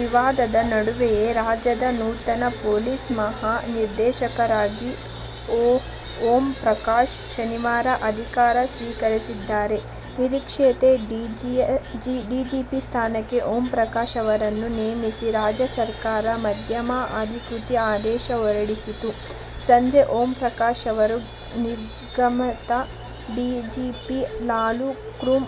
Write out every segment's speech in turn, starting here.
ವಿವಾದದ ನಡುವೆಯೇ ರಾಜ್ಯದ ನೂತನ ಪೊಲೀಸ್ ಮಹಾ ನಿರ್ದೇಶಕರಾಗಿ ಓಂ ಪ್ರಕಾಶ್ ಶನಿವಾರ ಅಧಿಕಾರ ಸ್ವೀಕರಿಸಿದ್ದಾರೆ. ನಿರೀಕ್ಷೆಯಂತೆ ಡಿಜಿಪಿ ಸ್ಥಾನಕ್ಕೆ ಓಂ ಪ್ರಕಾಶ್ ಅವರನ್ನು ನೇಮಿಸಿ ರಾಜ್ಯ ಸರ್ಕಾರ ಮಧ್ಯಾಹ್ನ ಅಧಿಕೃತ ಆದೇಶ ಹೊರಡಿಸಿತು. ಸಂಜೆ ಓಂ ಪ್ರಕಾಶ್ ಅವರು ನಿರ್ಗಮಿತ ಡಿಜಿಪಿ ಲಾಲ್ರುಕುಮೋ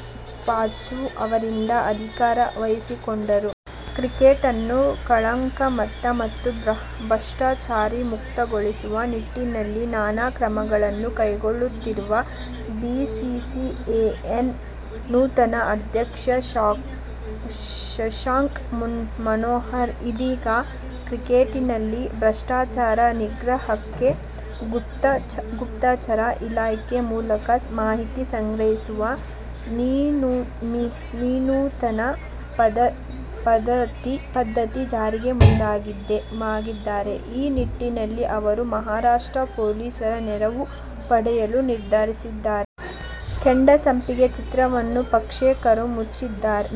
ಪಚಾವ್ ಅವರಿಂದ ಅಧಿಕಾರ ವಹಿಸಿಕೊಂಡರು. ಕ್ರಿಕೆಟ್ ಅನ್ನು ಕಳಂಕಮಕ್ತ ಮತ್ತು ಭ್ರಷ್ಟಾಚಾರ ಮುಕ್ತಗೊಳಿಸುವ ನಿಟ್ಟಿನಲ್ಲಿ ನಾನಾ ಕ್ರಮಗಳನ್ನು ಕೈಗೊಳ್ಳುತ್ತಿರುವ ಬಿಸಿಸಿಐನ ನೂತನ ಅಧ್ಯಕ್ಷ ಶಶಾಂಕ್ ಮನೋಹರ್ ಇದೀಗ, ಕ್ರಿಕೆಟ್ನಲ್ಲಿನ ಭ್ರಷ್ಟಾಚಾರ ನಿಗ್ರಹಕ್ಕೆ ಗುಪ್ತಚರ ಇಲಾಖೆ ಮೂಲಕ ಮಾಹಿತಿ ಸಂಗ್ರಹಿಸುವ ವಿನೂತನ ಪದ್ಧತಿ ಜಾರಿಗೆ ಮುಂದಾಗಿದ್ದಾರೆ. ಈ ನಿಟ್ಟಿನಲ್ಲಿ ಅವರು ಮಹಾರಾಷ್ಟ್ರ ಪೊಲೀಸರ ನೆರವು ಪಡೆಯಲು ನಿರ್ಧರಿಸಿದ್ದಾರೆ. "ಕೆಂಡಸಂಪಿಗೆ' ಚಿತ್ರವನ್ನು ಪ್ರೇಕ್ಷಕರು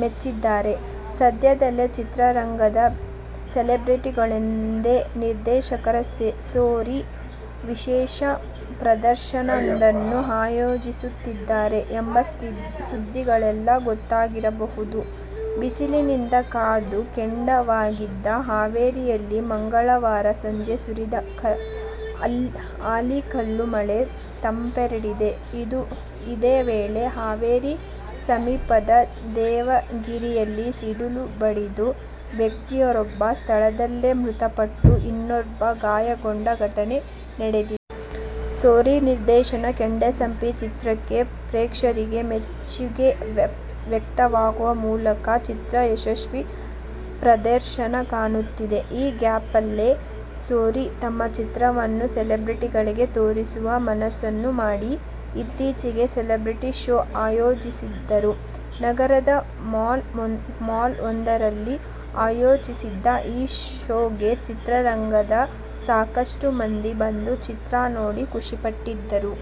ಮೆಚ್ಚಿದ್ದಾರೆ, ಸದ್ಯದಲ್ಲೇ ಚಿತ್ರರಂಗದ ಸೆಲೆಬ್ರಿಟಿಗಳಿಗೆಂದೇ ನಿರ್ದೇಶಕ ಸೂರಿ ವಿಶೇಷ ಪ್ರದರ್ಶನವೊಂದನ್ನು ಆಯೋಜಿಸುತ್ತಿದ್ದಾರೆ ಎಂಬ ಸುದ್ದಿಗಳೆಲ್ಲಾ ಗೊತ್ತಾಗಿರಬಹುದು. ಬಿಸಿಲಿನಿಂದ ಕಾದು ಕೆಂಡವಾಗಿದ್ದ ಹಾವೇರಿಯಲ್ಲಿ ಮಂಗಳವಾರ ಸಂಜೆ ಸುರಿದ ಆಲಿಕಲ್ಲು ಮಳೆ ತಂಪೆರೆದಿದೆ. ಇದೇ ವೇಳೆ ಹಾವೇರಿ ಸಮೀಪದ ದೇವಗಿರಿಯಲ್ಲಿ ಸಿಡಿಲು ಬಡಿದು ವ್ಯಕ್ತಿಯೋರ್ವ ಸ್ಥಳದಲ್ಲೇ ಮೃತಪಟ್ಟು, ಇನ್ನೋರ್ವ ಗಾಯಗೊಂಡ ಘಟನೆ ನಡೆದಿದೆ. ಸೂರಿ ನಿರ್ದೇಶನದ "ಕೆಂಡಸಂಪಿಗೆ' ಚಿತ್ರಕ್ಕೆ ಪ್ರೇಕ್ಷಕರಿಂದ ಮೆಚ್ಚುಗೆ ವ್ಯಕ್ತವಾಗುವಮೂಲಕ ಚಿತ್ರ ಯಶಸ್ವಿ ಪ್ರದರ್ಶನ ಕಾಣುತ್ತಿದೆ. ಈ ಗ್ಯಾಪಲ್ಲೇ ಸೂರಿ ತಮ್ಮ ಚಿತ್ರವನ್ನು ಸೆಲೆಬ್ರೆಟಿಗಳಿಗೆ ತೋರಿಸುವ ಮನಸ್ಸು ಮಾಡಿ, ಇತ್ತೀಚೆಗೆ ಸೆಲೆಬ್ರೆಟಿ ಶೋ ಆಯೋಜಿಸಿದ್ದರು. ನಗರದ ಮಾಲ್ ವೊಂದರಲ್ಲಿ ಆಯೋಜಿಸಿದ್ದ ಈ ಶೋಗೆ ಚಿತ್ರರಂಗದ ಸಾಕಷ್ಟು ಮಂದಿ ಬಂದು, ಚಿತ್ರ ನೋಡಿ ಖುಷಿಪಟ್ಟರು.